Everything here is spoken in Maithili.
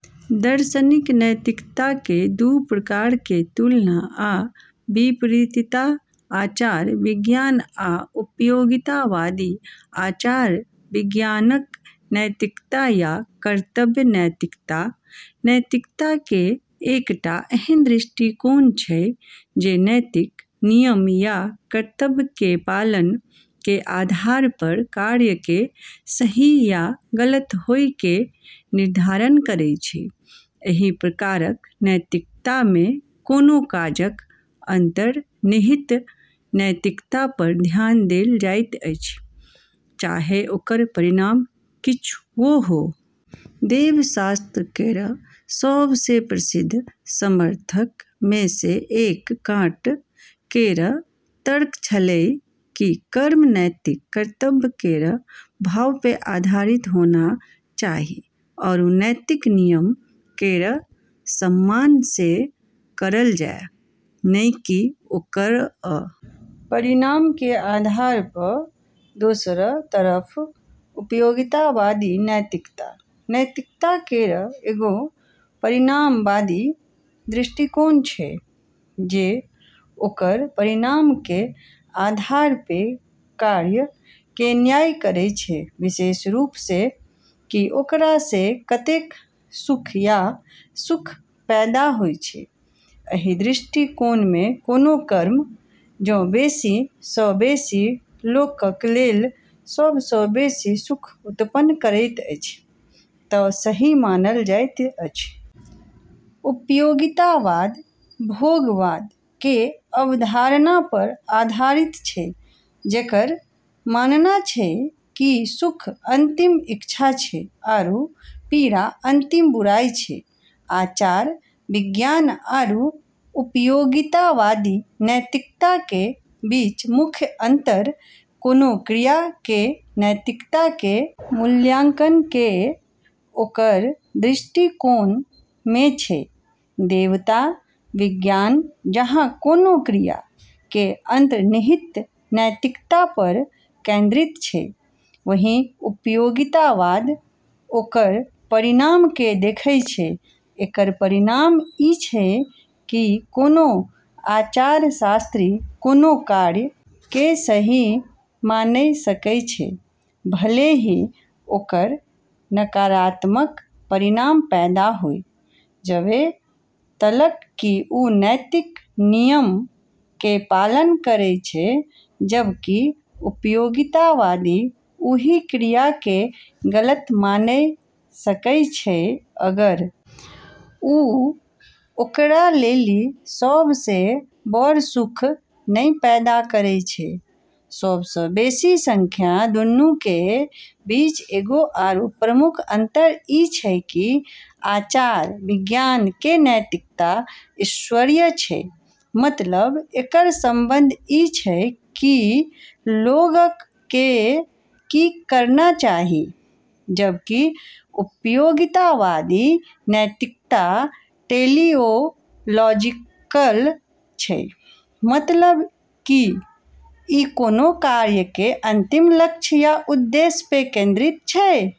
दार्शनिक नैतिकता के दू प्रकार के तुलना आ विपरीतता आचार-विज्ञान आ उपयोगितावादी आचार-विज्ञानक नैतिकता या कर्तव्य नैतिकता नैतिकता के एकटा एहन दृष्टिकोण छै जे नैतिक नियम या कर्तव्य के पालन के आधार पर कार्य के सही या गलत होय के निर्धारण करै छै, एहि प्रकारक नैतिकता मे कोनो काजक अंतर्निहित नैतिकता पर ध्यान देल जाइत अछि, चाहे ओकर परिणाम किछुओ हो। देवशास्त्र केरऽ सबसें प्रसिद्ध समर्थकऽ मे से एक कांट केरऽ तर्क छेलै कि कर्म नैतिक कर्तव्य केरऽ भाव पे आधारित होना चाहि आरू नैतिक नियम केरऽ सम्मान से करलऽ जाय, नै कि ओकरऽ परिणाम के आधार पे, दोसरऽ तरफ उपयोगितावादी नैतिकता नैतिकता केरऽ एगो परिणामवादी दृष्टिकोण छै जे ओकरऽ परिणाम के आधार पे कार्यऽ के न्याय करै छै, विशेष रूप से कि ओकरा से कतेक सुख या सुख पैदा होय छै, एहि दृष्टि मे कोनो कर्म जँ बेसी सँ बेसी लोकक लेल सबसँ बेसी सुख उत्पन्न करैत अछि तऽ सही मानल जाइत अछि। उपयोगितावाद भोगवाद के अवधारणा पर आधारित छै जेकरऽ मानना छै कि सुख अंतिम अच्छाई छै आरू पीड़ा अंतिम बुराई छै। आचार-विज्ञान आरू उपयोगितावादी नैतिकता के बीच मुख्य अंतर कोनो क्रिया के नैतिकता के मूल्यांकन के ओकरऽ दृष्टिकोण में छै, देवता विज्ञान जहाँ कोनो क्रिया के अंतर्निहित नैतिकता पर केंद्रित छै, वहीं उपयोगितावाद ओकरऽ परिणाम के देखै छै, एकरऽ परिणाम ई छै कि कोनो आचारशास्त्री कोनो कार्य के सही माने सकै छै, भले ही ओकरऽ नकारात्मक परिणाम पैदा होय, जबे तलक कि उ नैतिक नियमऽ के पालन करै छै, जबकि उपयोगितावादी उ ही क्रिया के गलत माने सकै छै अगर वू ओकरा लेली सबसें बड़ऽ सुख नै पैदा करै छै सबसँ बेसी संख्या, दूनू के बीच एगो आरू प्रमुख अंतर ई छै कि आचार-विज्ञान के नैतिकता ईश्वरीय छै मतलब एकरऽ संबंध ई छै कि लोगऽ के की करना चाहियऽ, जबकि उपयोगितावादी नैतिकता टेलिओलॉजिकल छै, मतलब कि ई कोनो कार्य के अंतिम लक्ष्य या उद्देश्य पे केंद्रित छै।